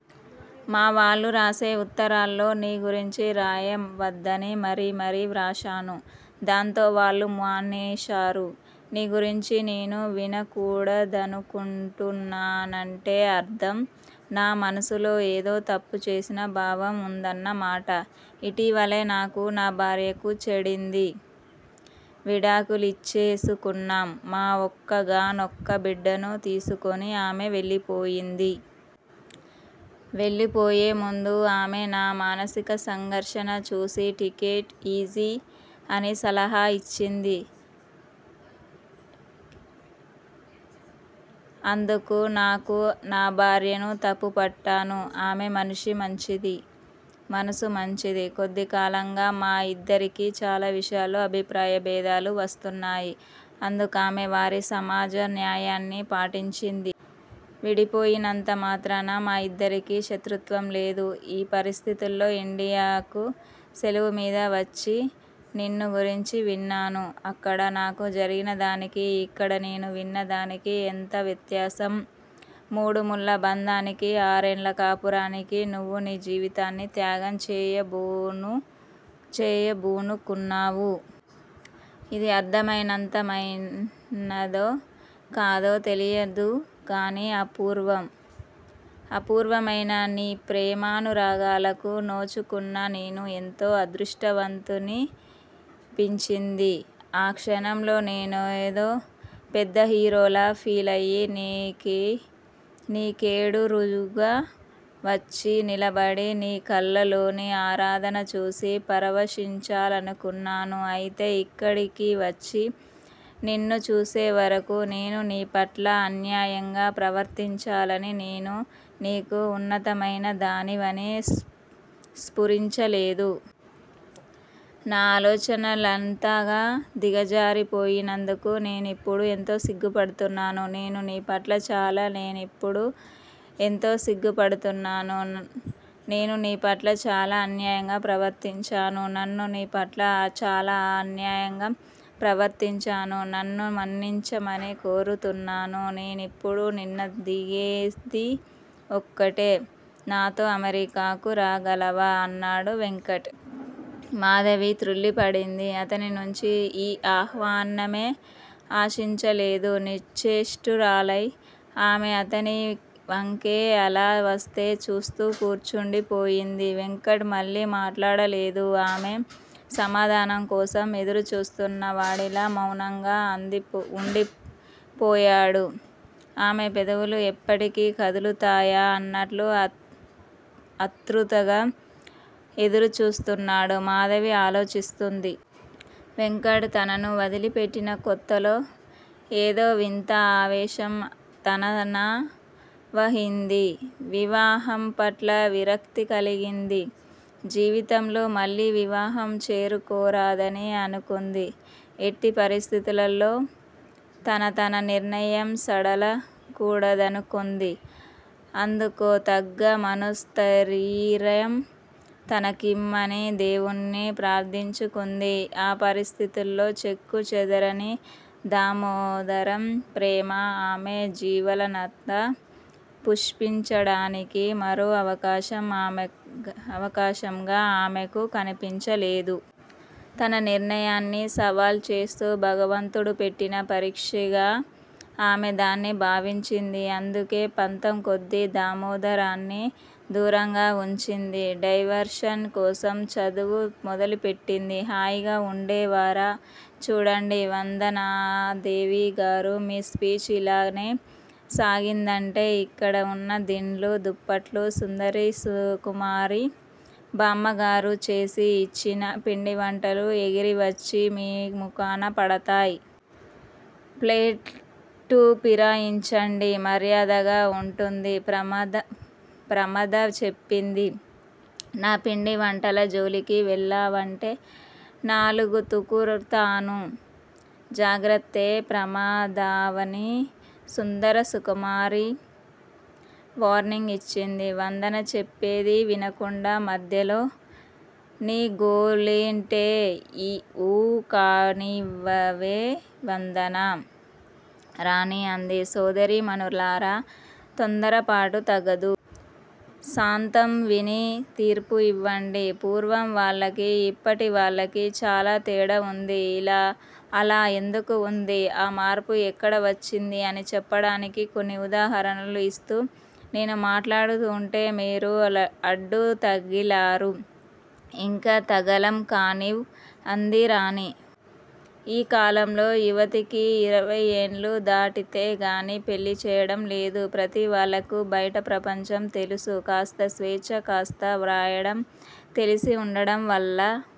మా వాళ్ళు రాసే ఉత్తరాల్లో నీ గురించి రాయవద్దని మరీ మరీ వ్రాశాను. దాంతో వాళ్ళు మానేశారు. నీ గురించి నేను వినకూడదనుకొంటున్నానంటే అర్ధం! నా మనసులో ఏదో తప్పుచేసిన భావం ఉందన్న మాట! ఇటీవలే నాకూ, నా భార్యకూ చెడింది. విడాకులిచ్చేసుకున్నాం. మా ఒక్కగానొక్క బిడ్డను తీసుకొని ఆమె వెళ్ళిపోయింది. వెళ్ళిపోయేముందు ఆమె నా మానసిక సంఘర్షణ చూసి, టేకిట్ ఈజీ అని సలహా ఇచ్చింది. అందుకు నేను నా భార్యను తప్పుపట్టాను. ఆమె మనిషి మంచిది. మనసు మంచిది. కొద్దికాలంగా మా ఇద్దరికీ చాలా విషయాల్లో అభిప్రాయబేధాలు వస్తున్నాయి. అందుకామె వారి సమాజ న్యాయాన్ని పాటించింది. విడిపోయినంత మాత్రాన మా ఇద్దరికీ శత్రుత్వం లేదు. ఈ పరిస్థితుల్లో ఇండియాకు సెలవుమీద వచ్చి నిన్ను గురించి విన్నాను. అక్కడ నాకు జరిగిన దానికీ, ఇక్కడ నేను విన్న దానికీ ఎంత వ్యత్యాసం? మూడుముళ్ళ బందానికీ, ఆర్నెల్ల కాపురానికీ నువ్వు నీ జీవితాన్ని త్యాగం చేయబూనుకున్నావు. ఇది అర్దవంతమైనదో కాదో తెలియదుగానీ అపూర్వం! అపూర్వమైన నీ ప్రేమానురాగాలకు నోచుకున్న నేను ఎంతో అదృష్టవంతుడ్నినిపించింది. ఆ క్షణంలో నేనేదో పెద్ద హీరోలా ఫీలయ్యి నీకేడురుగా వచ్చి నిలబడి నీ కళ్ళలోని ఆరాధన చూసి పరవశించాలనుకున్నాను. ఐతే ఇక్కడికివచ్చి నిన్ను చూసేవరకూ నేను నీపట్ల అన్యాయంగా ప్రవర్తించాననీ నేను నీకు ఉన్నతమయిన దానివనీ స్పురించలేదు. నా అలోచనలంతగా దిగజారిపొయింనందుకు నేనిప్పుడు ఎంతో సిగ్గుపడుతున్నాను. నేను నీపట్ల చాలా నేనిప్పుడు ఎంతో సిగ్గు పడుతున్నాను. నేను నీపట్ల చాలా అన్యాయంగా ప్రవర్తించాను. నన్ను నీపట్ల చాలా అన్యాయంగా ప్రవర్తించాను. నన్ను మన్నించమని కోరుతున్నాను. నేనిప్పుడు నిన్నదిగేది ఒక్కటే. నాతో అమెరికాకు రాగలవా? అన్నాడు వెంకట్. మాధవి త్రుళ్ళి పడింది. అతనినుంచి ఈ ఆహ్వాన్నాన్నమే ఆశించలేదు. నిశ్చేష్టురాలై ఆమె అతనివంకే అలా వస్తే చూస్తూ కూర్చుండి పోయింది. వెంకట్ మళ్ళీ మాట్లాడలేదు. ఆమె సమాధానం కోసం ఎదురుచూస్తున్న వాడిలా మౌనంగా ఉందిపోయాడు. ఆమె పెదవులు ఎప్పటికి కదులుతాయా అన్నట్లు అత్రుతుగా ఎదురుచూస్తున్నాడు. మాధవి ఆలోచిస్తుంది. వెంకట్ తనను వదిలిపెట్టిన కొత్తలో ఏదో వింత ఆవేశం తననావహింది. వివాహంపట్ల విరక్తి కలిగింది. జీవితంలో మళ్ళీ వివాహం చేసుకోరాదనీ అనుకుంది. ఎట్టి పరిస్థితుల్లల్లో తన తన నిర్ణయం సడలకూడదనుకొంది. అందుకోతగ్గ మనోస్థయిర్యం తనకిమ్మని దేవుణ్నీ ప్రార్ధించుకుంది. ఆ పరిస్థితుల్లో చెక్కుచెదరని దామోదరం ప్రేమ ఆమె జీవలనత పుష్పించడానికి మరో అవకాశంగా ఆమెకు కనిపించలేదు. తన నిర్ణయాన్ని సవాల్ చేస్తూ భగవంతుడు పెట్టిన పరీక్షిగా ఆమె దాన్ని భావించింది. అందుకే పంతంకొద్దీ దామోదరాన్ని దూరంగా వుంచింది. డైవర్షన్ కోసం చదువు మొదలుపెట్టింది. హాయిగా ఉండేవారా? చూడండి వందనాదేవిగారు! మీ స్పీచ్ ఇలానే సాగిందంటే ఇక్కడ ఉన్న దిండ్లు దుప్పట్లు సుందరి సుకుమారి బామ్మగారు చేసి ఇచ్చిన పిండివంటలు ఎగిరివచ్చి మీ ముఖాన పడతాయ్. ప్లేటు ఫిరాయించండి మర్యాదగా ఉంటుంది ప్రమద చెప్పింది. నా పిండి వంటల జోలికి వెళ్ళావంటే నాలుగుతుకుతాను జాగ్రత్తే ప్రమదావని! సుందర సుకుమారి వార్నింగ్ ఇచ్చింది. వందన చెప్పేది వినకుండ మధ్యలో నీ గోలేంటే? ఊ కానివ్వవే వందనా! రాణి అంది. సోదరీ మణులారా! తొందరపాటు తగదు. సాంతం విని తీర్పు ఇవ్వండి. పూర్వం వాళ్ళకి ఇప్పటి వాళ్ళకి చాలా తేడా ఉంది. అలా ఎందుకు ఉంది? ఆ మార్పు ఎక్కడ వచ్చింది? అని చెప్పడానికి కొన్ని ఉదాహరణలు ఇస్తూ నేను మాట్లాడుతూంటే మీరు అడ్డు తగిలారు. ఇంకా తగలం కానివ్ అంది రాణి. ఈ కాలంలో యువతికి ఇరవైయేళ్ళు దాటితే గాని పెళ్ళి చేయడం లేదు. ప్రతివాళ్ళకి బైట ప్రపంచం తెలుసు. కాస్త స్వేచ్చ కాస్త వ్రాయడం తెలిసి ఉండటంవల్ల